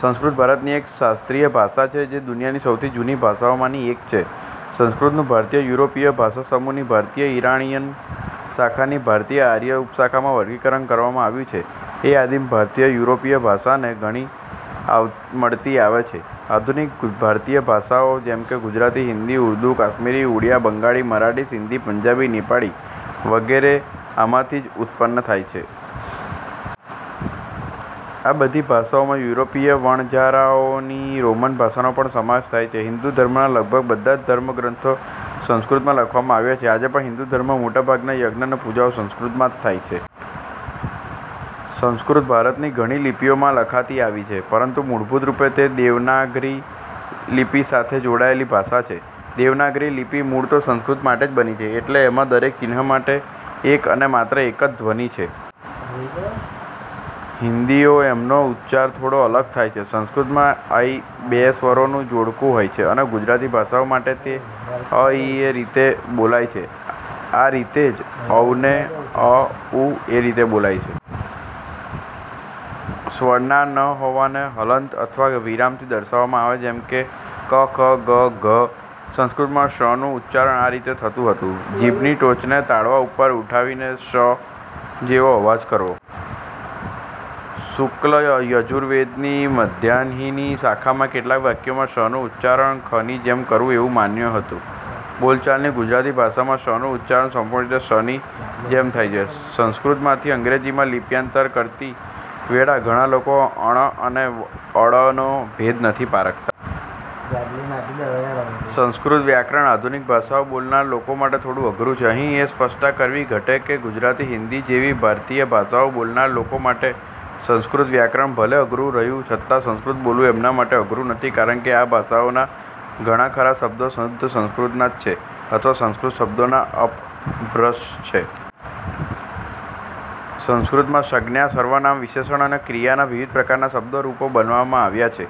સંસ્કૃત ભારતની એક શાસ્ત્રીય ભાષા છે જે દુનિયાની સૌથી જુની ભાષાઓમાંની એક છે. સંસ્કૃતનું ભારતીય-યુરોપીય ભાષાસમૂહની ભારતીય-ઈરાણીયન શાખાની ભારતીય-આર્ય ઉપશાખામાં વર્ગીકરણ કરવામાં આવ્યું છે. એ આદિમ-ભારતીય-યુરોપીય ભાષાને ઘણી મળતી આવે છે. આધુનિક ભારતીય ભાષાઓ જેમકે ગુજરાતી, હિન્દી, ઉર્દૂ, કાશ્મીરી, ઉડિયા, બંગાળી, મરાઠી, સિંધી, પંજાબી, નેપાળી વગેરે આમાંથી જ ઉત્પન્ન થઈ છે. આ બધી ભાષાઓમાં યુરોપીય વણજારાઓ ની રોમન ભાષાનો પણ સમાવેશ થાય છે. હિન્દુ ધર્મના લગભગ બધા જ ધર્મગ્રંથો સંસ્કૃતમાં લખવામાં આવ્યા છે. આજે પણ હિન્દુ ધર્મમાં મોટાભાગના યજ્ઞ અને પૂજાઓ સંસ્કૃતમાં જ થાય છે. સંસ્કૃત ભારતની ઘણી લિપિઓમાં લખાતી આવી છે, પરંતુ મૂળભુત રૂપે તે દેવનાગરી લિપિ સાથે જોડાયેલી ભાષા છે. દેવનાગરી લિપિ મૂળ તો સંસ્કૃત માટે જ બની છે, એટલે એમાં દરેક ચિન્હ માટે એક અને માત્ર એક જ ધ્વનિ છે. હિન્દીમાં એમનો ઉચ્ચાર થોડો અલગ થાય છે. સંસ્કૃત માં "ઐ" બે સ્વરો નું જોડકું હોય છે અને ગુજરાતી ભાષીઓ માટે તે "અ-ઇ" એ રીતે બોલાય છે. આ રીતેજ "ઔ" ને "અ-ઉ" એ રીતે બોલાય છે. સ્વરના ન હોવાને હલન્ત અથવા વિરામથી દર્શાવવામાં આવે છે. જેમ કે ક્ ખ્ ગ્ ઘ્. સંસ્કૃતમાં ષ નું ઉચ્ચારણ આ રીતે થતું હતું: જીભની ટોચ ને તાળવા તરફ ઉઠાવીને શ જેવો અવાજ કરવો. શુક્લ યજુર્વેદ ની મદ્યાન્હિની શાખામાં કેટલાક વાક્યોમાં 'ષ' નું ઉચ્ચારણ 'ખ' ની જેમ કરવુ એવુ માન્ય હતું. બોલચાલની ગુજરાતી ભાષામાં 'ષ'નું ઉચ્ચારણ સંપૂર્ણ રીતે 'શ'ની જેમ થાય છે. સંસ્કૃતમાંથી અંગ્રેજીમાં લિપ્યાંતર કરતી વેળા ઘણા લોકો, ણ અને ળનો ભેદ નથી પારખતા. સંસ્કૃત વ્યાકરણ આધુનિક ભાષાઓ બોલનાર લોકો માટે થોડું અઘરૂ છે. અહીં એ સ્પષ્ટતા કરવી ઘટે કે ગુજરાતી, હીન્દી જેવી ભારતીય ભાષાઓ બોલનાર લોકો માટે સંસ્કૃત વ્યાકરણ ભલે અધરૂ રહ્યું છતાં સંસ્કૃત બોલવું એમના માટે અઘરૂં નથી કારણ કે આ ભાષાઓના ઘણાખરા શબ્દો શુદ્ધ સંસ્કૃતના જ છે અથવા સંસ્કૃત શબ્દોનાં અપભ્રંશ છે. સંસ્કૃતમાં સંજ્ઞા, સર્વનામ, વિશેષણ અને ક્રિયાના વિવિધ પ્રકારના શબ્દ-રૂપો બનાવવામાં આવે છે,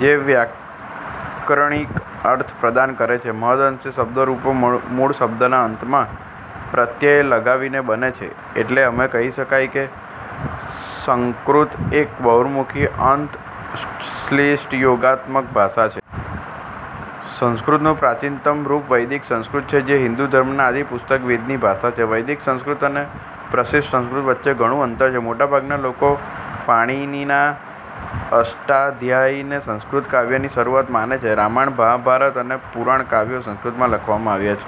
જે વ્યાકરણિક અર્થ પ્રદાન કરે છે. મહદંશે શબ્દ-રૂપો મૂળશબ્દના અંતમાં પ્રત્યય લગાવીને બને છે. એટલે એમ કહી શકાય કે સંકૃત એક બહિર્મુખી-અન્ત-શ્લિષ્ટયોગાત્મક ભાષા છે. સંસ્કૃતનું પ્રાચીનતમ રૂપ વૈદિક સંસ્કૃત છે, જે હિન્દુ ધર્મના આદિ પુસ્તક વેદની ભાષા છે. વૈદિક સંસ્કૃત અને પ્રશિશ્ટ સંસ્કૃત વચ્ચે ઘણુ અંતર છે. મોટાભાગના લોકો પાણિનીના અષ્ટાધ્યાયીને સંસ્કૃત કાવ્યની શરુઆત માને છે. રામાયણ, મહાભારત અને પુરાણ કાવ્યો સંસ્કૃતમાં લખવામાં આવ્યા છે.